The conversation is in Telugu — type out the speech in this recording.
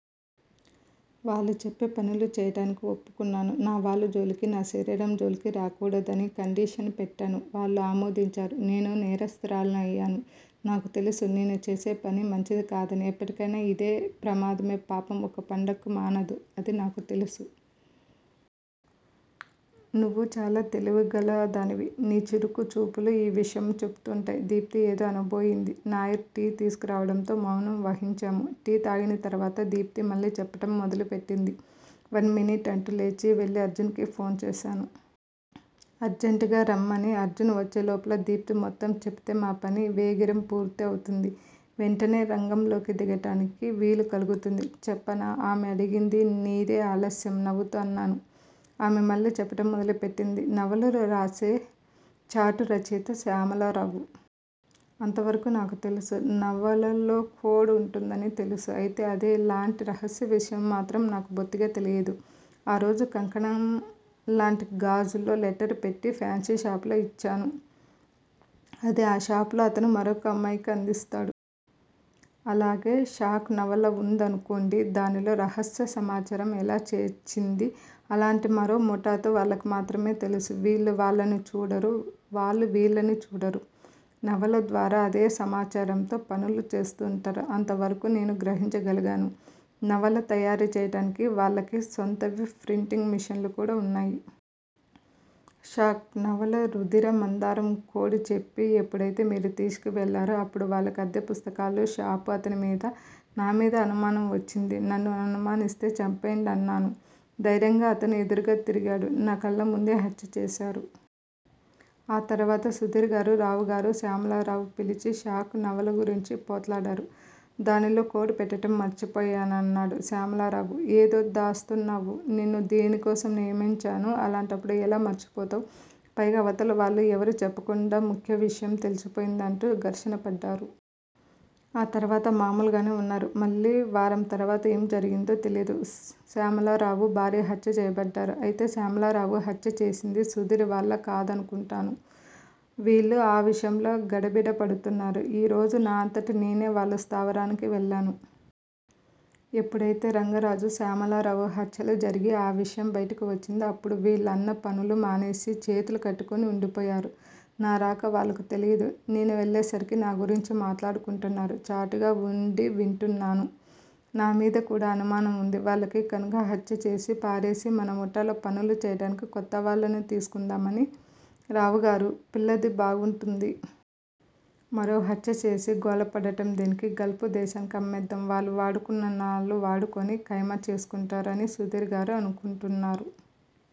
వాళ్లు చెప్పే పనులు చేయటానికి ఒప్పుకున్నాను. నా వాళ్ళ జోలికి, నా శరీరం జోలికి రాకూడదని కండిషన్ పెట్టాను. వాళ్ళు ఆమోదించారు. నేను నేరస్తురాలినయ్యాను. నాకు తెలుసు నేను చేసేపని మంచిది కాదని. ఎప్పటికైనా ఇది ప్రమాదమే. పాపం పండక మానదు అని నాకు తెలుసు. నీవు చాలా తెలివికలదానివి. నీ చురుకు చూపులు ఈ విషయం చెపుతుంటాయి. దీప్తి ఏదో అనబోయింది. నాయర్ టీ తీసుకురావడంతో మౌనం వహించాము. టీ తాగిన తరువాత దీప్తి మళ్ళీ చెప్పటం మొదలు పెట్టింది. One minute! అంటూ లేచి వెళ్ళి అర్జున్ కి ఫోన్ చేశాను. అర్జంట్ గా రమ్మని. అర్జున్ వచ్చే లోపల దీప్తి మొత్తం చెపితే మా పని వేగిరం పూర్తి అవుతుంది. వెంటనే రంగంలోకి దిగటానికి వీలు కలుగుతుంది. చెప్పనా? ఆమె అడిగింది. నీదే ఆలశ్యం నవ్వుతూ అన్నాను. ఆమె మళ్ళీ చెప్పటం మొదలు పెట్టింది. నవలలు రాసే చాటు రచయిత శ్యామలరావు. అంతవరకూ నాకు తెలుసు. నవలలో కోడ్ వుంటుందని తెలుసు. అయితే అదే లాంటి రహస్య విషయమో మాత్రం నాకు బొత్తిగా తెలియదు. ఆ రోజు కంకణం లాంటి గాజులో లెటర్ పెట్టి ఫ్యాన్సీ షాపులో ఇచ్చాను. అది ఆ షాపులో అతను మరొక అమ్మాయికి అందిస్తాడు. అలాగే షాక్ నవల వుందనుకోండి. దానిలో రహస్య సమాచారం ఎలా చేర్చేది అలాంటి మరో ముఠాతో వాళ్లకి మాత్రమే తెలుసు. వీళ్ళు వాళ్ళని చూడరు. వాళ్ళు వీళ్ళని చూడరు. నవల ద్వారా అందే సమాచారంతో పనులు చేస్తుంటారు. అంతవరకూ నేను గ్రహించ గలిగాను. నవల తయారు చేయటానికి వాళ్ళకి సొంతవి ప్రింటింగ్ మిషన్లు కూడా వున్నాయి. షాక్ నవలని రుధిర మందారం కోడ్ చెప్పి ఎప్పుడైతే మీరు తీసుకు వెళ్ళారో అప్పుడు వాళ్ళకి అద్దె పుస్తకాల షాపు అతని మీద, నా మీద అనుమానం వచ్చింది. నన్ను అనుమానిస్తే చంపేయండి అన్నాను ధైర్యంగా. అతను ఎదురు తిరిగాడు. నా కళ్ళముందే హత్య చేశారు. ఆ తర్వాత సుధీర్ గారు, రావుగారు, శ్యామలరావుని పిలిచి షాక్ నవల గురించి పోట్లాడారు. దానిలో కోడ్ పెట్టటం మర్చిపోయానన్నాడు శ్యామలరావు. ఏదో దాస్తున్నావు నిన్ను దీనికోసం నియమించాము. అలాంటప్పుడు ఎలా మర్చిపోతావు? పైగా అవతల వాళ్ళు ఎవరూ చెప్పకుండా ముఖ్య విషయం తెలిసిపోయింది. అంటూ ఘర్షణ పడ్డారు. ఆ తర్వాత మామూలుగానే వున్నారు. మళ్ళీ వారం తర్వాత ఏం జరిగిందో తెలియదు. శ్యామలరావు భార్య హత్య చేయబడ్డారు. అయితే శ్యామలరావుని హత్య చేసింది సుధీర్ వాళ్ళు కాదనుకుంటాను. వీళ్ళు ఆ విషయంలో గడబిడ పడుతున్నారు. ఈరోజు నా అంతట నేను వాళ్ళ స్థావరానికి వెళ్లాను. ఎప్పుడయితే రంగరాజు శ్యామలరావుల హత్యలు జరిగి ఆ విషయం బైటికి వచ్చిందో అప్పుడు వీళ్ళు అన్ని పనులు మానేసి చేతులు కట్టుకుని వుండిపోయారు. నా రాక వాళ్ళకి తెలియదు. నే వెళ్ళేసరికి నా గురించి మాట్లాడుకుంటున్నారు. చాటుగా వుండి వింటున్నాను. నా మీద కూడా అనుమానం వుంది వాళ్ళకి కనుక హత్య చేసి పారేసి మన ముఠాలో పనులు చేయటానికి కొత్త వాళ్ళని తీసుకుందామని రావుగారు, పిల్లది బాగుంటుంది. మరో హత్యచేసి గోల పడటం దేనికి! గల్ఫ్ దేశానికి అమ్మేద్దాము. వాళ్ళు వాడుకున్నాన్నాళ్ళు వాడుకుని కైమా చేసుకుంటారు. అని సుధీర్ గారు అనుకుంటున్నారు.